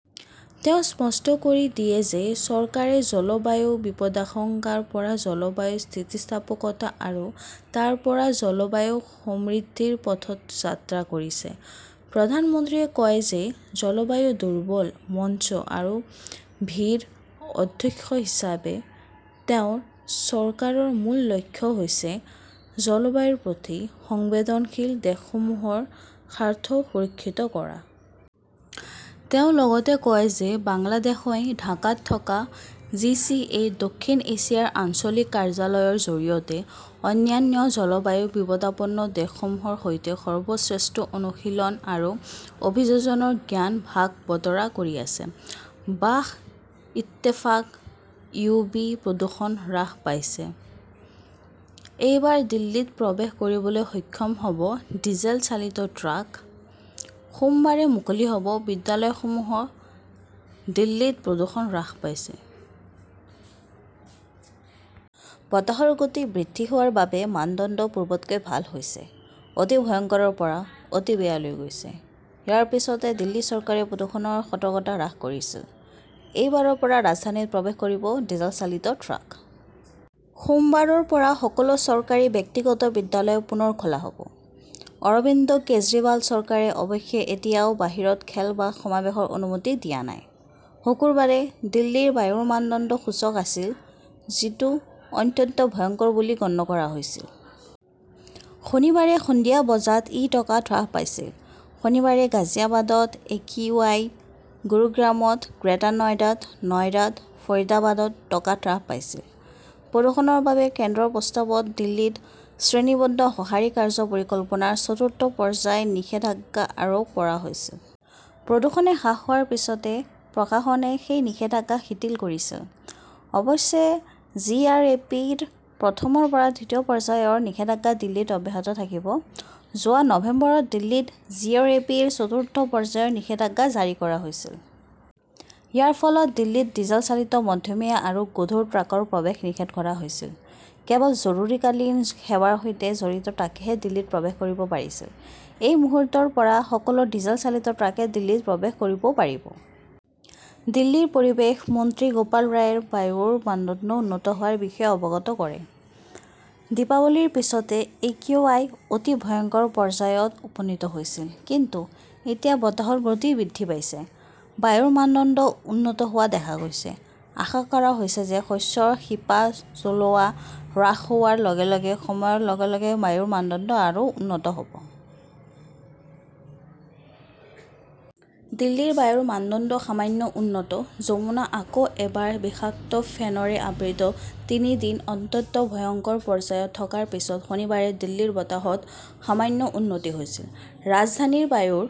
তেওঁ স্পষ্ট কৰি দিয়ে যে চৰকাৰে জলবায়ু বিপদাশংকাৰ পৰা জলবায়ু স্থিতিস্থাপকতা আৰু তাৰ পৰা জলবায়ু সমৃদ্ধিৰ পথত যাত্ৰা কৰিছে। প্ৰধানমন্ত্ৰীয়ে কয় যে জলবায়ু দুৰ্বল মঞ্চ আৰু ভি -ৰ অধ্যক্ষ হিচাপে তেওঁৰ চৰকাৰৰ মূল লক্ষ্য হৈছে জলবায়ুৰ প্ৰতি সংবেদনশীল দেশসমূহৰ স্বাৰ্থ সুৰক্ষিত কৰা। তেওঁ লগতে কয় যে বাংলাদেশই ঢাকাত থকা জি. চি. এ. দক্ষিণ এছিয়াৰ আঞ্চলিক কাৰ্যালয়ৰ জৰিয়তে অন্যান্য জলবায়ু বিপদাপন্ন দেশসমূহৰ সৈতে সৰ্বশ্ৰেষ্ঠ অনুশীলন আৰু অভিযোজনৰ জ্ঞান ভাগ বতৰা কৰি আছে। বাস ইত্তেফাক/ইউবি প্ৰদূষণ হ্ৰাস পাইছে, এইবাৰ দিল্লীত প্ৰৱেশ কৰিবলৈ সক্ষম হ 'ব ডিজেল চালিত ট্ৰাক, সোমবাৰে মুকলি হ' ব বিদ্যালয়সমূহ দিল্লীত প্ৰদূষণ হ্ৰাস পাইছে। বতাহৰ গতি বৃদ্ধি হোৱাৰ বাবে মানদণ্ড পূৰ্বতকৈ ভাল হৈছে। 'অতি ভয়ংকৰ "ৰ পৰা' অতি বেয়া" লৈ গৈছে। ইয়াৰ পিছতে দিল্লী চৰকাৰে প্ৰদূষণৰ সতৰ্কতা হ্ৰাস কৰিছিল। এই বাৰৰ পৰা ৰাজধানীত প্ৰৱেশ কৰিব ডিজেল চালিত ট্ৰাক। সোমবাৰৰ পৰা সকলো চৰকাৰী, ব্যক্তিগত বিদ্যালয় পুনৰ খোলা হ "ব। অৰবিন্দ কেজৰিৱালৰ চৰকাৰে অৱশ্যে এতিয়াও বাহিৰত খেল বা সমাৱেশৰ অনুমতি দিয়া নাই। শুকুৰবাৰে দিল্লীৰ বায়ুৰ মানদণ্ড সূচক আছিল। যিটো 'অত্যন্ত ভয়ংকৰ "বুলি গণ্য কৰা হৈছিল। শনিবাৰে সন্ধিয়া বজাত ই টকাত হ্ৰাস পাইছিল। শনিবাৰে গাজিয়াবাদত একিউআই, গুৰুগ্ৰামত, গ্ৰেটাৰ নয়ডাত, নয়ডাত, ফৰিদাবাদত টকাত হ্ৰাস পাইছিল। প্ৰদূষণৰ বাবে কেন্দ্ৰৰ প্ৰস্তাৱত দিল্লীত 'শ্ৰেণীবদ্ধ সঁহাৰি কাৰ্য্য পৰিকল্পনা " ৰ চতুৰ্থ পৰ্যায়ৰ নিষেধাজ্ঞা আৰোপ কৰা হৈছিল। প্ৰদূষণ হ্ৰাস পোৱাৰ পিছতে প্ৰশাসনে সেই নিষেধাজ্ঞা শিথিল কৰিছিল। অৱশ্যে, জি. আৰ. এ. পি. -ৰ প্ৰথমৰ পৰা তৃতীয় পৰ্যায়ৰ নিষেধাজ্ঞা দিল্লীত অব্যাহত থাকিব। যোৱা নৱেম্বৰত দিল্লীত জি. আৰ. এ. পি. -ৰ চতুৰ্থ পৰ্যায়ৰ নিষেধাজ্ঞা জাৰি কৰা হৈছিল। ইয়াৰ ফলত দিল্লীত ডিজেল চালিত মধ্যমীয়া আৰু গধুৰ ট্ৰাকৰ প্ৰৱেশ নিষিদ্ধ কৰা হৈছিল। কেৱল জৰুৰীকালীন সেৱাৰ সৈতে জড়িত ট্ৰাকেহে দিল্লীত প্ৰৱেশ কৰিব পাৰিছিল। এই মুহূৰ্তৰ পৰা সকলো ডিজেল চালিত ট্ৰাকে দিল্লীত প্ৰৱেশ কৰিব পাৰিব। দিল্লীৰ পৰিৱেশ মন্ত্ৰী গোপাল ৰায়ে বায়ুৰ মানদণ্ড উন্নত হোৱাৰ বিষয়ে অৱগত কৰে। "দীপাৱলীৰ পিছতে একিউআই অতি ভয়ংকৰ পৰ্যায়ত উপনীত হৈছিল। কিন্তু এতিয়া বতাহৰ গতি বৃদ্ধি পাইছে। বায়ুৰ মানদণ্ড উন্নত হোৱা দেখা গৈছে। আশা কৰা হৈছে যে শস্যৰ শিপা জ্বলোৱা হ্ৰাস হোৱাৰ লগে লগে সময়ৰ লগে লগে বায়ুৰ মানদণ্ড আৰু উন্নত হ "ব। "। দিল্লীৰ বায়ুৰ মানদণ্ড সামান্য 'উন্নত ", যমুনা আকৌ এবাৰ বিষাক্ত ফেনৰে আবৃত তিনি দিন 'অত্যন্ত ভয়ংকৰ "পৰ্যায়ত থকাৰ পিছত শনিবাৰে দিল্লীৰ বতাহত সামান্য' উন্নতি" হৈছিল। ৰাজধানীৰ বায়ুৰ